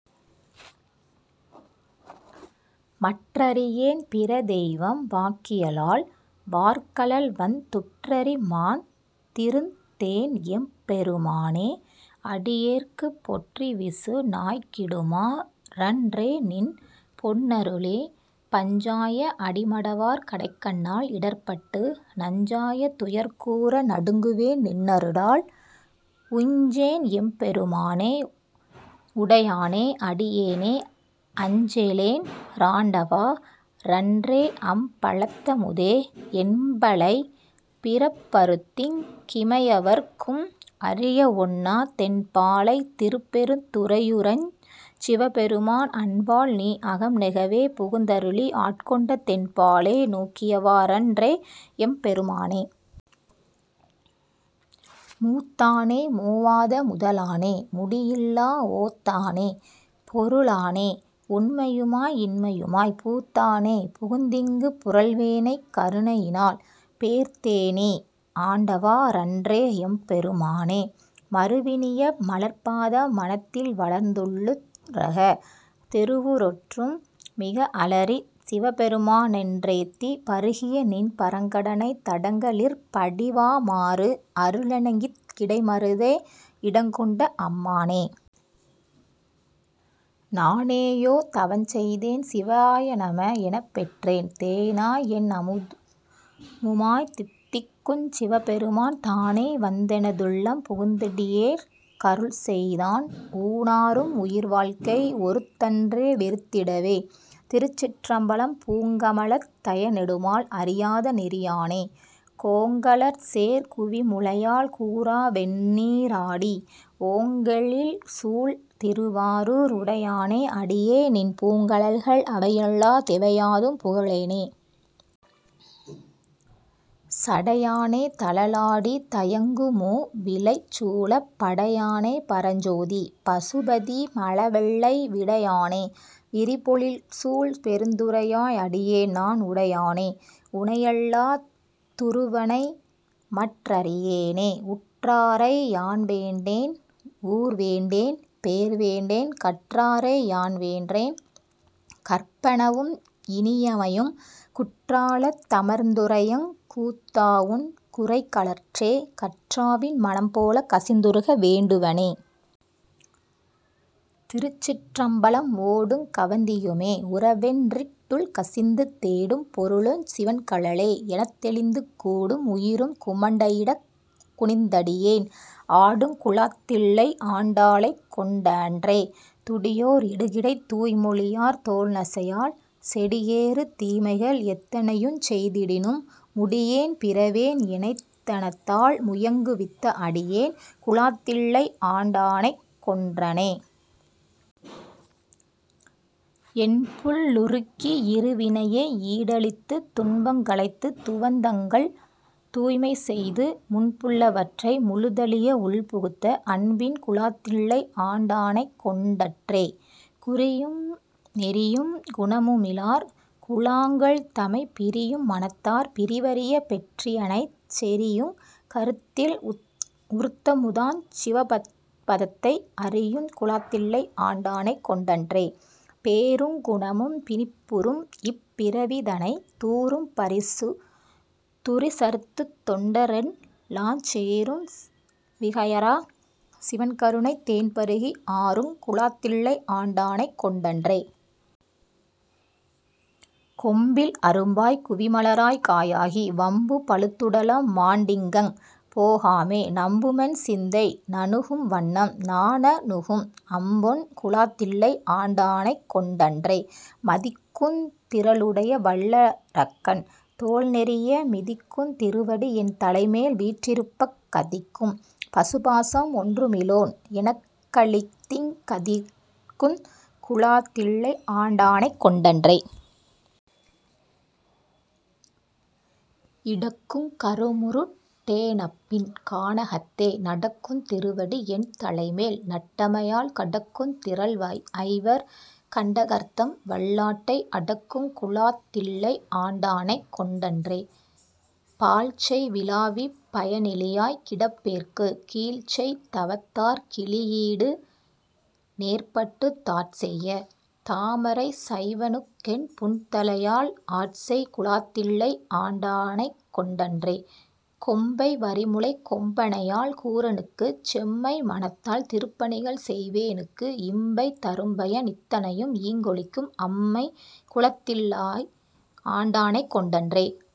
மற்றறியேன் பிறதெய்வம் வாக்கியலால் வார்கழல்வந் துற்றறிமாந் திருந்தேன்எம் பெருமானே அடியேற்குப் பொற்றிவிசு நாய்க்கிடுமா றன்றேநின் பொன்னருளே. பஞ்சாய அடிமடவார் கடைக்கண்ணால் இடர்ப்பட்டு நஞ்சாய துயர்கூர நடுங்குவேன் நின்னருளால் உய்ஞ்சேன் எம் பெருமானே உடையானே அடியேனை அஞ்சேலென் றாண்டவா றன்றேஅம் பலத்தமுதே. என்பலைப் பிறப்பறுத்திங் கிமையவர்க் கும் அறியவொண்ணா தென்பாலைத் திருப்பெருந் துறையுறையஞ் சிவபெருமான் அன்பால்நீ அகம்நெகவே புகுந்தருளி ஆட்கொண்ட தென்பாலே நோக்கியவா றன்றேஎம் பெருமானே. மூத்தானே மூவாத முதலானே முடியில்லா ஓத்தானே பொருளானே உண்மையுமாய் இன்மையுமாய்ப் பூத்தானே புகுந்திங்குப் புரள்வேனைக் கருணையினால் பேர்த்தேநேஆண்டவா றன்றேஎம் பெருமானே. மருவினிய மலர்ப்பாதம் மனத்தில்வளர்ந் துள்ளுருகத் தெருவுதொறும் மிக அலறிச் சிவபெருமா னென்றேத்திப் பருகியநின் பரங்கருணைத் தடங்கலிற் படிவாமாறு அருளெனக்கிங் கிடைமருதே இடங்கொண்ட அம்மானே. நானேயோ தவஞ் செய்தேன் சிவாயநம எனப்பெற்றேன் தேனாய்என் அமுதமுமாய்த் தித்திக்குஞ் சிவபெருமான் தானேவந் தெனதுள்ளம் புகுந்தடியேற் கருள்செய்தான் ஊனாரும் உயிர்வாழ்க்கை ஒறுத்தன்றே வெறுத்திடவே. திருச்சிற்றம்பலம் பூங்கமலத் தயனெடுமால் அறியாத நெறியானே கோங்கலர்சேர் குவிமுலையாள் கூறாவெண் ணீறாடி ஓங்கெயில்சூழ் திருவாரூர் உடையானே அடியேன்நின் பூங்கழல்கள் அவையல்லா தெவையாதும் புகழேனே. சடையானே தழலாடீ தயங்குமூ விலைச்சூலப் படையானே பரஞ்சோதீ பசுபதீ மழவெள்ளை விடையானே விரிபொழில்சூழ் பெருந்துறையாய் அடியேன்நான் உடையானே உனையல்லா துறுவணை மற் றறியேனே. உற்றாறை யான்வேண்டேன் ஊர்வேண்டேன் பேர்வேண்டேன் கற்றாறை யான்வேண்டேன் கற்பனவும் இனியமையும் குற்றாலத் தமர்ந்துறையுங் கூத்தாஉன் குரைகழற்கே கற்றாவின் மனம்போலக் கசிந்துருக வேண்டுவனே. திருச்சிற்றம்பலம் ஓடுங் கவந்தியுமே உறவென்றிட் டுள்கசிந்து தேடும் பொருளுஞ் சிவன்கழலே எனத்தெளிந்து கூடும் உயிரும் குமண்டையிடக் குனித்தடியேன் ஆடுங் குலாத்தில்லை ஆண்டானைக் கொண்டன்றே. துடியோர் இடுகிடைத் தூய்மொழியார் தோள்நசையால் செடியேறு தீமைகள் எத்தனையுஞ் செய்திடினும் முடியேன் பிறவேன் எனைத்தனதாள் முயங்குவித்த அடியேன் குலாத்தில்லை ஆண்டானைக் கொண்டன்றே. என்புள் ளுருக்கி இருவினையை ஈடழித்துத் துன்பங் களைந்து துவந்துவங்கள் தூய்மைசெய்து முன்புள்ள வற்றை முழுதழிய உள்புகுத்த அன்பின் குலாத்தில்லை ஆண்டானைக் கொண்டன்றே. குறியும் நெறியும் குணமுமிலார் குழாங்கள்தமைப் பிரியும் மனத்தார் பிரிவரிய பெற்றியனைச் செறியுங் கருத்தில் உருத்தமுதாஞ் சிவபதத்தை அறியுங் குலாத்தில்லை ஆண்டானைக் கொண்டன்றே. பேருங் குணமும் பிணிப்புறும்இப் பிறவிதனைத் தூரும் பரிசு துரிசறுத்துத் தொண்ட ரெல்லாஞ் சேரும் விகையரா சிவன்கருணைத் தேன்பருகி ஆருங் குலாத்தில்லை ஆண்டானைக் கொண்டன்றே. கொம்பில் அரும்பாய்க் குவிமலராய்க் காயாகி வம்பு பழுத்துடலம் மாண்டிங்ஙன் போகாமே நம்புமென் சிந்தை நணுகும்வண்ணம் நானணுகும் அம்பொன் குலாத்தில்லை ஆண்டானைக் கொண்டன்றே. மதிக்குந் திறலுடைய வல்லரக்கன் தோள்நெரிய மிதிக்குந் திருவடி என் தலைமேல் வீற்றிருப்பக் கதிக்கும் பசுபாசம் ஒன்றுமிலோம் எனக்களித்திங் கதிர்க்குங் குலாத்தில்லை ஆண்டானைக் கொண்டன்றே. இடக்குங் கருமுருட் டேனப்பின் கானகத்தே நடக்குந் திருவடி என்தலைமேல் நட்டமையால் கடக்குந் திறல்ஐவர் கண்டகர்தம் வல்லாட்டை அடக்குங் குலாத்தில்லை ஆண்டானைக் கொண்டன்றே. பாழ்ச்செய் விளாவிப் பயனிலியாய்க் கிடப்பேற்குக் கீழ்ச்செய் தவத்தாற் கிழியீடு நேர்பட்டுத் தாட்செய்ய தாமரைச் சைவனுக்கென் புன்தலையால் ஆட்செய் குலாத்தில்லை ஆண்டானைக் கொண்டன்றே. கொம்மை வரிமுலைக் கொம்பனையாள் கூறனுக்குச் செம்மை மனத்தால் திருப்பணிகள் செய்வேனுக்கு இம்பை தரும்பயன் இத்தனையும் ஈங்கொழிக்கும் அம்மை குலத்தில்லை ஆண்டானைக் கொண்டன்றே.